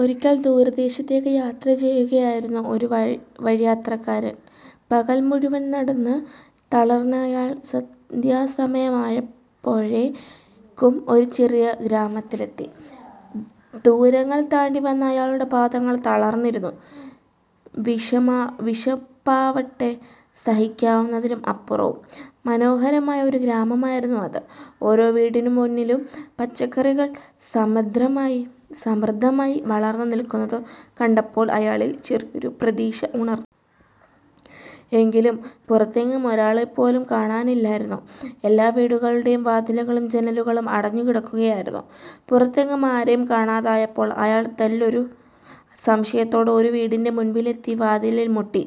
ഒരിക്കൽ, ദൂരദേശത്തേക്ക് യാത്ര ചെയ്യുകയായിരുന്നു ഒരു വഴിയാത്രക്കാരൻ. പകൽ മുഴുവൻ നടന്ന് തളർന്ന അയാൾ സന്ധ്യാസമയമായപ്പോഴേക്കും ഒരു ചെറിയ ഗ്രാമത്തിലെത്തി. ദൂരങ്ങൾ താണ്ടി വന്ന അയാളുടെ പാദങ്ങൾ തളർന്നിരുന്നു. വിശപ്പാവട്ടെ സഹിക്കാവുന്നതിലും അപ്പുറവും. മനോഹരമായ ഒരു ഗ്രാമമായിരുന്നു അത്. ഓരോ വീടിനു മുന്നിലും പച്ചക്കറികൾ സമൃദ്ധമായി വളർന്നു നിൽക്കുന്നത് കണ്ടപ്പോൾ അയാളിൽ ചെറിയൊരു പ്രതീക്ഷ ഉണർന്നു. എങ്കിലും, പുറത്തെങ്ങും ഒരാളെപ്പോലും കാണാനില്ലായിരുന്നു. എല്ലാ വീടുകളുടെയും വാതിലുകളും ജനലുകളും അടഞ്ഞുകിടക്കുകയായിരുന്നു. പുറത്തെങ്ങും ആരെയും കാണാതായപ്പോൾ അയാൾ തെല്ലൊരു സംശയത്തോടെ ഒരു വീടിന്റെ മുൻപിലെത്തി വാതിലിൽ മുട്ടി.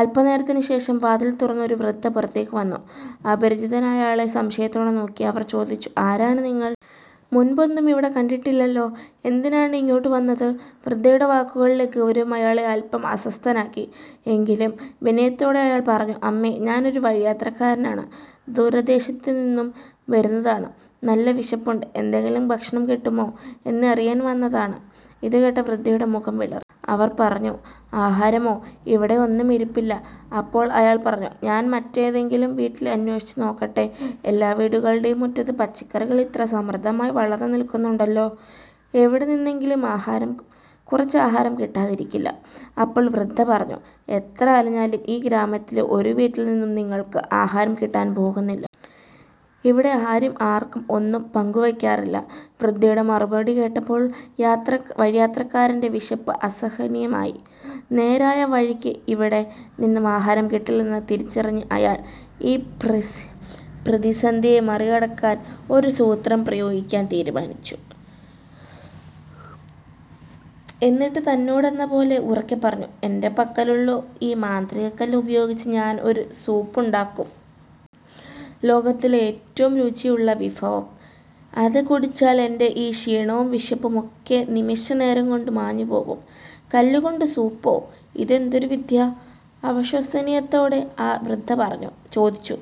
അല്പനേരത്തിന് ശേഷം വാതിൽ തുറന്ന് ഒരു വൃദ്ധ പുറത്തേക്ക് വന്നു. അപരിചിതനായ അയാളെ സംശയത്തോടെ നോക്കി അവർ ചോദിച്ചു, "ആരാണ് നിങ്ങൾ? മുൻപൊന്നും ഇവിടെ കണ്ടിട്ടില്ലല്ലോ? എന്തിനാണ് ഇങ്ങോട്ട് വന്നത്? വൃദ്ധയുടെ വാക്കുകളിലെ ഗൗരവം അയാളെ അല്പം അസ്വസ്ഥനാക്കി. എങ്കിലും, വിനയത്തോടെ അയാൾ പറഞ്ഞു "അമ്മേ, ഞാനൊരു വഴിയാത്രക്കാരനാണ്. ദൂരദേശത്തു നിന്നും വരുന്നതാണ്. നല്ല വിശപ്പുണ്ട്, എന്തെങ്കിലും ഭക്ഷണം കിട്ടുമോ എന്നറിയാൻ വന്നതാണ്. " ഇതുകേട്ട വൃദ്ധയുടെ മുഖം വിളറി. അവർ പറഞ്ഞു "ആഹാരമോ, ഇവിടെ ഒന്നും ഇരിപ്പില്ല. " അപ്പോൾ അയാൾ പറഞ്ഞു "ഞാൻ മറ്റേതെങ്കിലും വീട്ടിൽ അന്വേഷിച്ചു നോക്കട്ടെ. എല്ലാ വീടുകളുടെയും മുറ്റത്ത് പച്ചക്കറികൾ ഇത്ര സമൃദ്ധമായി വളർന്നു നിൽക്കുന്നുണ്ടല്ലോ. എവിടെ നിന്നെങ്കിലും കുറച്ച് ആഹാരം കിട്ടാതിരിക്കില്ല. അപ്പോൾ വൃദ്ധ പറഞ്ഞു "എത്ര അലഞ്ഞാലും ഈ ഗ്രാമത്തിലെ ഒരു വീട്ടിൽ നിന്നും നിങ്ങൾക്ക് ആഹാരം കിട്ടാൻ പോകുന്നില്ല. ഇവിടെ ആരും ആർക്കും ഒന്നും പങ്കുവെക്കാറില്ല. " വൃദ്ധയുടെ മറുപടി കേട്ടപ്പോൾ വഴിയാത്രക്കാരന്റെ വിശപ്പ് അസഹനീയമായി. നേരായ വഴിക്ക് ഇവിടെ നിന്നും ആഹാരം കിട്ടില്ലെന്ന് തിരിച്ചറിഞ്ഞ അയാൾ, ഈ പ്രതിസന്ധിയെ മറികടക്കാൻ ഒരു സൂത്രം പ്രയോഗിക്കാൻ തീരുമാനിച്ചു. എന്നിട്ട് തന്നോടെന്ന പോലെ ഉറക്കെ പറഞ്ഞു "എന്റെ പക്കലുള്ള ഈ മാന്ത്രികക്കല്ല് ഉപയോഗിച്ച് ഞാൻ ഒരു സൂപ്പുണ്ടാക്കാം. ലോകത്തിലെ ഏറ്റവും രുചിയുള്ള വിഭവം! അത് കുടിച്ചാൽ എന്റെ ഈ ക്ഷീണവും വിശപ്പും ഒക്കെ നിമിഷനേരം കൊണ്ട് മാഞ്ഞുപോകും. " "കല്ലുകൊണ്ട് സൂപ്പോ? ഇതെന്തൊരു വിദ്യ? " അവിശ്വസനീയതയോടെ ആ വൃദ്ധ ചോദിച്ചു.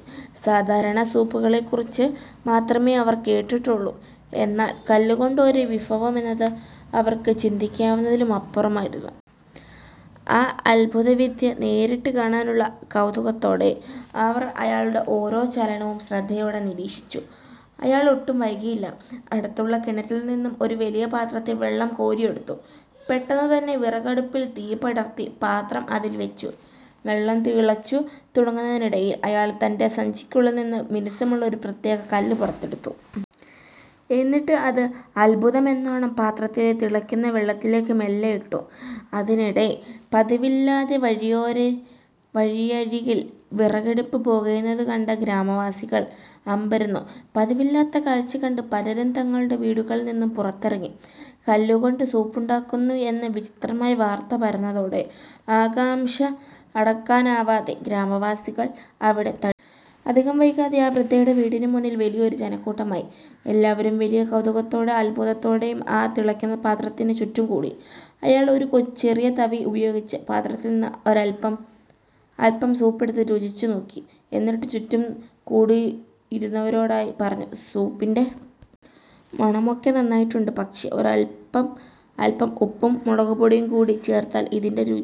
സാധാരണ സൂപ്പുകളെക്കുറിച്ച് മാത്രമേ അവർ കേട്ടിട്ടുള്ളൂ, എന്നാൽ കല്ലുകൊണ്ട് ഒരു വിഭവം എന്നത് അവർക്ക് ചിന്തിക്കാവുന്നതിലും അപ്പുറമായിരുന്നു. ആ അത്ഭുതവിദ്യ നേരിട്ട് കാണാനുള്ള കൗതുകത്തോടെ, അവർ അയാളുടെ ഓരോ ചലനവും ശ്രദ്ധയോടെ നിരീക്ഷിച്ചു. അയാൾ ഒട്ടും വൈകിയില്ല. അടുത്തുള്ള കിണറ്റിൽ നിന്ന് ഒരു വലിയ പാത്രത്തിൽ വെള്ളം കോരിയെടുത്തു. പെട്ടെന്നുതന്നെ വിറകടുപ്പിൽ തീ പടർത്തി പാത്രം അതിൽ വെച്ചു. വെള്ളം തിളച്ചു തുടങ്ങുന്നതിനിടയിൽ, അയാൾ തന്റെ സഞ്ചിക്കുള്ളിൽ നിന്ന് മിനുസമുള്ള ഒരു പ്രത്യേക കല്ല് പുറത്തെടുത്തു. എന്നിട്ട് അത് അത്ഭുതമെന്നോണം പാത്രത്തിലെ തിളയ്ക്കുന്ന വെള്ളത്തിലേക്ക് മെല്ലെ ഇട്ടു. അതിനിടെ, പതിവില്ലാതെ വഴിയരികിൽ വിറകടുപ്പ് പുകയുന്നത് കണ്ട ഗ്രാമവാസികൾ അമ്പരന്നു. പതിവില്ലാത്ത കാഴ്ച കണ്ട് പലരും തങ്ങളുടെ വീടുകളിൽ നിന്നും പുറത്തിറങ്ങി. കല്ലു കൊണ്ട് സൂപ്പുണ്ടാക്കുന്നു എന്ന വിചിത്രമായ വാർത്ത പരന്നതോടെ, ആകാംക്ഷ അടക്കാനാവാതെ ഗ്രാമവാസികൾ അവിടെ തടിച്ചുകൂടി. അധികം വൈകാതെ ആ വൃദ്ധയുടെ വീടിനു മുന്നിൽ വലിയൊരു ജനക്കൂട്ടമായി. എല്ലാവരും വലിയ കൗതുകത്തോടെയും അത്ഭുതത്തോടെയും ആ തിളയ്ക്കുന്ന പാത്രത്തിന് ചുറ്റും കൂടി. അയാൾ ഒരു ചെറിയ തവി ഉപയോഗിച്ച് പാത്രത്തിൽ നിന്ന് അല്പം സൂപ്പെടുത്ത് രുചിച്ചു നോക്കി. എന്നിട്ട് ചുറ്റും കൂടിയിരുന്നവരോടായി പറഞ്ഞു "സൂപ്പിന്റെ മണം ഒക്കെ നന്നായിട്ടുണ്ട്, പക്ഷേ അല്പം ഉപ്പും മുളകുപൊടിയും കൂടി ചേർത്താൽ ഇതിന്റെ രുചി